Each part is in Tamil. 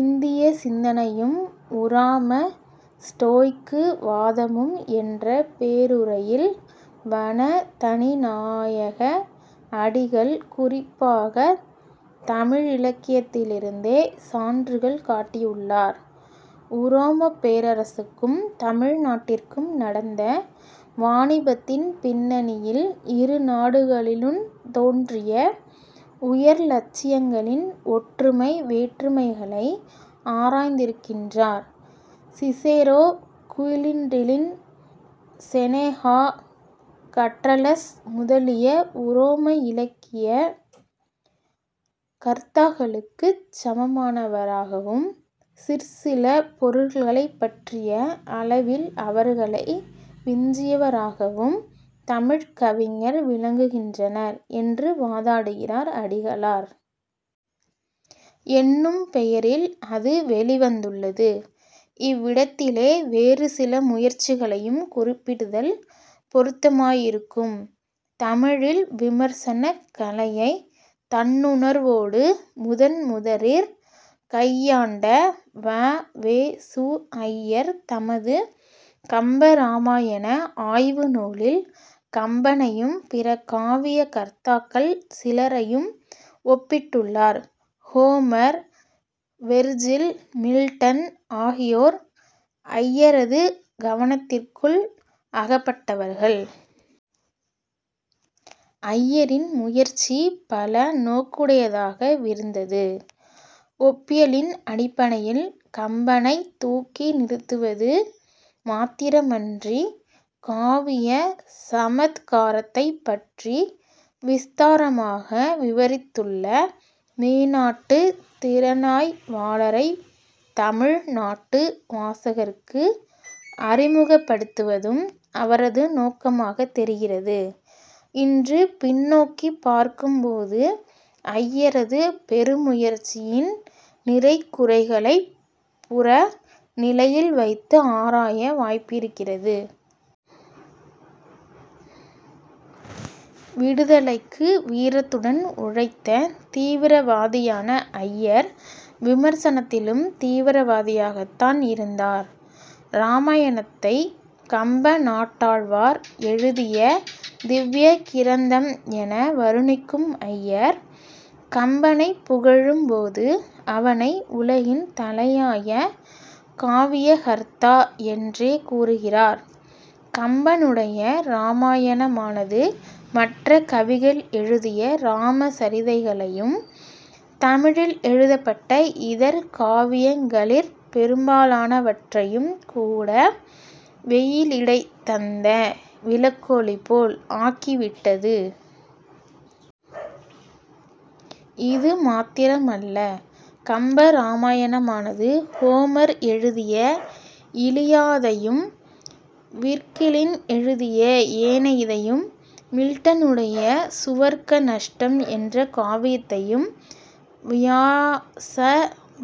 இந்திய சிந்தனையும் உராம ஸ்டோய்க்கு வாதமும் என்ற பேருரையில் வண. தனிநாயக அடிகள், குறிப்பாகத் தமிழிலக்கியத்திலிருந்தே சான்றுகள் காட்டியுள்ளார். உரோமப் பேரரசுக்கும் தமிழ் நாட்டிற்கும் நடந்த வாணிபத்தின் பின்னணியில் இரு நாடுகளிலுந் தோன்றிய உயர் இலட்சியங்களின் ஒற்றுமை வேற்றுமைகளை ஆராய்ந்திருக்கின்றார். சிஸரோ, குயின்றிலியன், செனெகா, கற்றலஸ் முதலிய உரோம இலக்கிய கர்த்தாக்களுக்குச் சமமானவராகவும், சிற்சில பொருள்களைப் பற்றிய அளவில் அவர்களை விஞ்சியவராகவும் தமிழ்க் கவிஞர் விளங்குகின்றனர் என்று வாதாடுகிறார் அடிகளார். என்னும் பெயாில் அது வௌிவந்துள்ளது. இவ்விடத்திலே வேறு சில முயற்சிகளையும் குறிப்பிடுதல் பொருத்தமாயிருக்கும். தமிழில் விமர்சனக் கலையைத் தன்னுணர்வோடு முதன் முதலிற் கையாண்ட வ. வே. சு. ஐயர் தமது கம்பராமாயண ஆய்வு நூலில், கம்பனையும் பிற காவிய கர்த்தாக்கள் சிலரையும் ஒப்பிட்டுள்ளார். ஹோமர், வெர்ஜில், மில்டன் ஆகியோர் ஐயரது கவனத்திற்குள் அகப்பட்டவர்கள். ஐயாின் முயற்சி பல நோக்குடையதாக விருந்தது. ஒப்பியலின் அடிப்படையில் கம்பனைத் தூக்கி நிறுத்துவது மாத்திரமன்றி, 'காவிய சமத்காரத்தைப் பற்றி விஸ்தாரமாக விவாித்துள்ள' மேனாட்டுத் திறனாய்வாளரைத் தமிழ் நாட்டு வாசகருக்கு அறிமுகப்படுத்துவதும். அவரது நோக்கமாகத் தொிகிறது. இன்று பின்னோக்கிப் பார்க்கும் போது, ஐயரது பெருமுயற்சியின் நிறைகுறைகளைப் புற நிலையில் வைத்து ஆராய வாய்ப்பிருக்கிறது. விடுதலைக்கு வீரத்துடன் உழைத்த தீவிரவாதியான ஐயர் விமர்சனத்திலும் தீவிரவாதியாகத் தான் இருந்தார். இராமாயணத்தை, "கம்பநாட்டாழ்வார் எழுதிய திவ்ய கிரந்தம்" என வருணிக்கும் ஐயர், கம்பனைப் புகழும் போது அவனை உலகின் தலையாய காவியகர்த்தா என்றே கூறுகிறார். "கம்பனுடைய ராமாயணமானது மற்ற கவிகள் எழுதிய ராம சாிதைகளையும் தமிழில் எழுதப்பட்ட இதர காவியங்களிற் பெரும்பாலான வற்றையும் கூட 'வெயிலிடைத் தந்த விளக்கொளிபோல் ஆக்கிவிட்டது. இது மாத்திரமல்ல. கம்ப ராமாயணமானது ஹோமர் எழுதிய இலியாதையும், விர்க்கிலியன் எழுதிய ஏனயிதையும், மில்டனுடைய சுவர்க்க நஷ்டம் என்ற காவியத்தையும், வியாஸ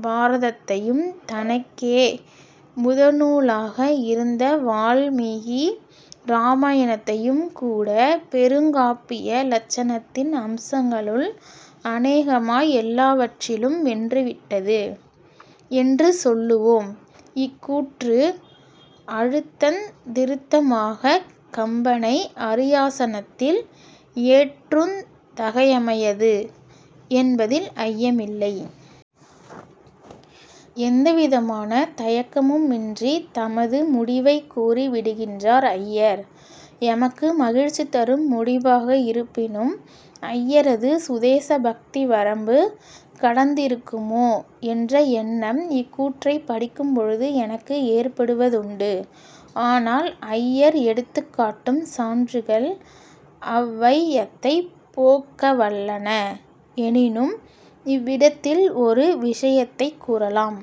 பாரதத்தையும் தனக்கே முதனூலாக இருந்த வால்மீகி ராமாயணத்தையும் கூட, பெருங்காப்பிய லட்சணத்தின் அம்சங்களுள் அனேகமாய் எல்லாவற்றிலும் வென்றுவிட்டது என்று சொல்லுவோம். " இக்கூற்று அழுத்தந் திருத்தமாகக் கம்பனை அாியாசனத்தில் ஏற்றுந் தகைமையது என்பதில் ஐயமில்லை. எந்தவிதமான தயக்கமுமின்றித் தமது முடிவைக் கூறி விடுகின்றார் ஐயர். எமக்கு மகிழ்ச்சிதரும் முடிபாக இருப்பினும், ஐயரது சுதேச பக்தி வரம்பு கடந்திருக்குமோ என்ற எண்ணம் இக்கூற்றைப் படிக்கும்பொழுது எனக்கு ஏற்படுவதுண்டு. ஆனால், ஐயர் எடுத்துக்காட்டும் சான்றுகள் அவ்வையத்தைப் போக்கவல்லன. எனினும், இவ்விடத்தில் ஒரு விஷயத்தைக் கூறலாம்.